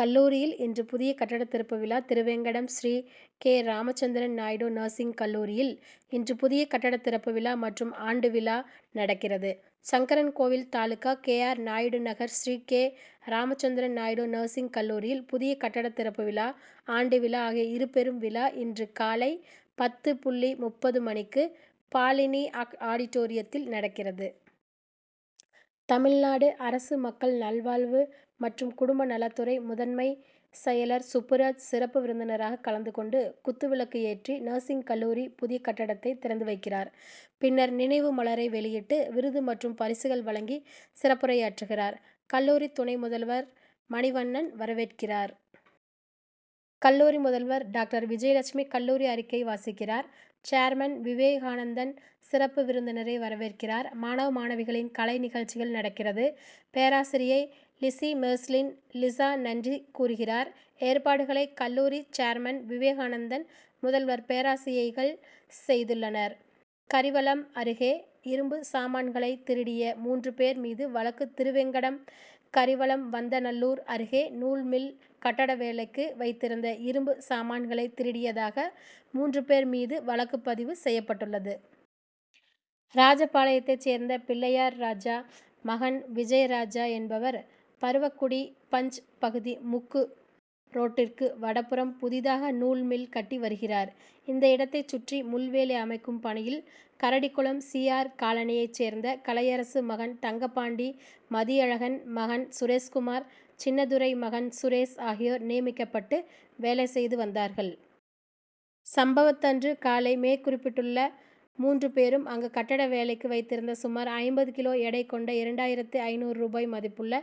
கல்லூரியில்இன்று புதிய கட்டட திறப்பு விழா திருவேங்கடம் ஸ்ரீ. கே. ராமச்சந்திரன் நாயுடு நர்சிங் கல்லூரியில் இன்று புதிய கட்டட திறப்பு விழா மற்றும் ஆண்டு விழா நடக்கிறது. Sankarankovil taluka K. R. Naidu Nagar Sri. K. Ramachandran Naidu nursing கல்லூரியில் புதிய கட்டட திறப்பு விழா, ஆண்டு விழா ஆகிய இருபெரும் விழா இன்று காலை பத்து புள்ளி முப்பது மணிக்கு பாலினி ஆடிட்டோரியத்தில் நடக்கிறது. தமிழ்நாடு அரசு மக்கள் நல்வாழ்வு மற்றும் குடும்ப நலத்துறை முதன்மை செயலர் சுப்புராஜ் சிறப்பு விருந்தினராக கலந்து கொண்டு குத்துவிளக்கு ஏற்றி, நர்சிங் கல்லூரி புதிய கட்டடத்தை திறந்து வைக்கிறார். பின்னர் நினைவு மலரை வெளியிட்டு விருது மற்றும் பரிசுகள் வழங்கி சிறப்புரையாற்றுகிறார். கல்லூரி துணை முதல்வர் மணிவண்ணன் வரவேற்கிறார். கல்லூரி முதல்வர் டாக்டர் விஜயலட்சுமி கல்லூரி அறிக்கை வாசிக்கிறார். சேர்மன் விவேகானந்தன் சிறப்பு விருந்தினரை வரவேற்கிறார். மாணவ, மாணவிகளின் கலை நிகழ்ச்சிகள் நடக்கிறது. பேராசிரியை லிசிமெர்லின் லிசா நன்றி கூறுகிறார். ஏற்பாடுகளை கல்லூரி சேர்மன் விவேகானந்தன், முதல்வர், பேராசிரியைகள் செய்துள்ளனர். கரிவலம் அருகே இரும்பு சாமான்களைதிருடிய மூன்று பேர் மீது வழக்கு திருவேங்கடம் கரிவலம்வந்தநல்லூர் அருகே நூல் மில் கட்டட வேலைக்கு வைத்திருந்த இரும்பு சாமான்களை திருடியதாக மூன்று பேர் மீது வழக்குபதிவு செய்யப்பட்டுள்ளது. ராஜபாளையத்தை சேர்ந்த பிள்ளையார்ராஜா மகன் விஜயராஜா என்பவர் பருவக்குடி பஞ்., பகுதி முக்கு ரோட்டிற்கு வடபுறம் புதிதாக நூல் மில் கட்டி வருகிறார். இந்த இடத்தை சுற்றி முள்வேலி அமைக்கும் பணியில் கரடிகுளம் சி. ஆர். காலனியை சேர்ந்த கலையரசு மகன் தங்கப்பாண்டி, மதியழகன் மகன் சுரேஷ்குமார், சின்னத்துரை மகன் சுரேஷ் ஆகியோர் நியமிக்கப்பட்டு வேலை செய்து வந்தார்கள். சம்பவத்தன்று காலை மேற்குறிப்பிட்டுள்ள மூன்று பேரும் அங்கு கட்டட வேலைக்கு வைத்திருந்த சுமார் ஐம்பது கிலோ எடை கொண்ட இரண்டாயிரத்து ஐந்நூறு ரூபாய் மதிப்புள்ள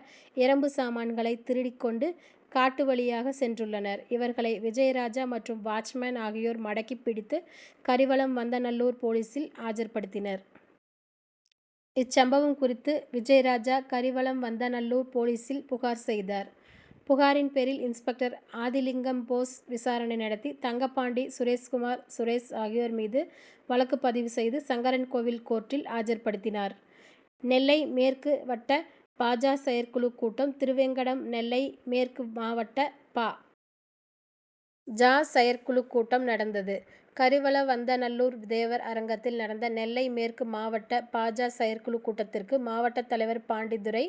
இரும்பு சாமான்களை திருடிக் கொண்டு காட்டு வழியாக சென்றுள்ளனர். இவர்களை விஜயராஜா மற்றும் வாட்ச்மேன் ஆகியோர் மடக்கி பிடித்து கரிவலம்வந்தநல்லூர் போலீசில் ஆஜர்படுத்தினர். இச்சம்பவம் குறித்து விஜயராஜா கரிவலம்வந்தநல்லூர் போலீசில் புகார் செய்தார். புகாரின் பேரில் இன்ஸ்பெக்டர் ஆதிலிங்கம்போஸ் விசாரணை நடத்தி தங்கப்பாண்டி, சுரேஷ்குமார், சுரேஷ் ஆகியோர் மீது வழக்கு பதிவு செய்து சங்கரன்கோவில் கோர்ட்டில் ஆஜர்படுத்தினார். நெல்லை மேற்கு மாவட்டபா. ஜ.,செயற்குழு கூட்டம் திருவேங்கடம் நெல்லை மேற்கு மாவட்ட பா. ஜ.,செயற்குழு கூட்டம் நடந்தது. கரிவலம்வந்தநல்லூர் தேவர் அரங்கத்தில் நடந்த நெல்லை மேற்கு மாவட்ட பா. ஜ.,செயற்குழு கூட்டத்திற்கு மாவட்ட தலைவர் பாண்டித்துரை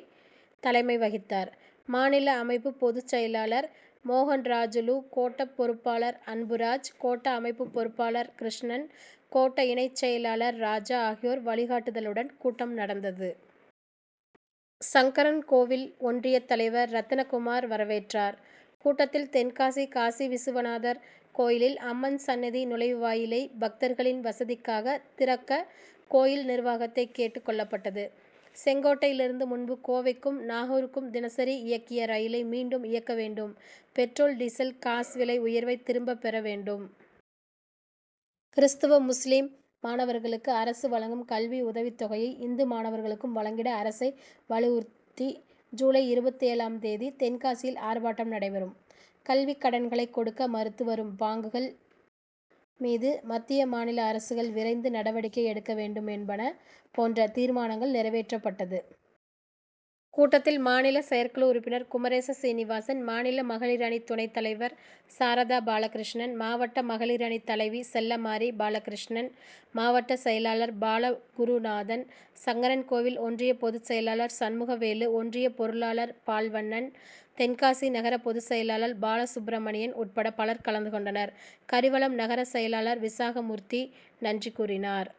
தலைமை வகித்தார். மாநில அமைப்பு பொது செயலாளர் மோகன்ராஜூலு, கோட்ட பொறுப்பாளர் அன்புராஜ், கோட்ட அமைப்பு பொறுப்பாளர் கிருஷ்ணன், கோட்ட இணை செயலாளர் ராஜா ஆகியோர் வழிகாட்டுதலுடன் கூட்டம் நடந்தது. சங்கரன்கோவில் ஒன்றிய தலைவர் ரத்தினகுமார் வரவேற்றார். கூட்டத்தில், தென்காசி காசிவிசுவநாதர் கோயிலில் அம்மன் சன்னதி நுழைவுவாயிலை பக்தர்களின் வசதிக்காக திறக்க கோயில் நிர்வாகத்தை கேட்டுக் கொள்ளப்பட்டது. செங்கோட்டையிலிருந்து முன்பு கோவைக்கும், நாகூருக்கும் தினசரி இயக்கிய ரயிலை மீண்டும் இயக்க வேண்டும். பெட்ரோல், டீசல், காஸ் விலை உயர்வை திரும்ப பெற வேண்டும். கிறிஸ்தவ, முஸ்லிம் மாணவர்களுக்கு அரசு வழங்கும் கல்வி உதவித் தொகையை இந்து மாணவர்களுக்கும் வழங்கிட அரசை வலியுறுத்தி ஜூலை இருபத்தேழாம் தேதி தென்காசியில் ஆர்ப்பாட்டம் நடைபெறும். கல்விக் கடன்களை கொடுக்க மறுத்து வரும் பாங்குகள் மீது மத்திய, மாநில அரசுகள் விரைந்து நடவடிக்கை எடுக்க வேண்டும் என்பன போன்ற தீர்மானங்கள் நிறைவேற்றப்பட்டது. கூட்டத்தில் மாநில செயற்குழு உறுப்பினர் குமரேசசீனிவாசன், மாநில மகளிரணி துணைத் தலைவர் சாரதா பாலகிருஷ்ணன், மாவட்ட மகளிரணி தலைவி செல்லமாரி, பாலகிருஷ்ணன், மாவட்ட செயலாளர் பாலகுருநாதன், சங்கரன்கோவில் ஒன்றிய பொது செயலாளர் சண்முகவேலு, ஒன்றிய பொருளாளர் பால்வண்ணன், தென்காசி நகர பொது செயலாளர் பாலசுப்பிரமணியன் உட்பட பலர் கலந்து கொண்டனர். கரிவலம் நகர செயலாளர் விசாகமூர்த்தி நன்றி கூறினார்.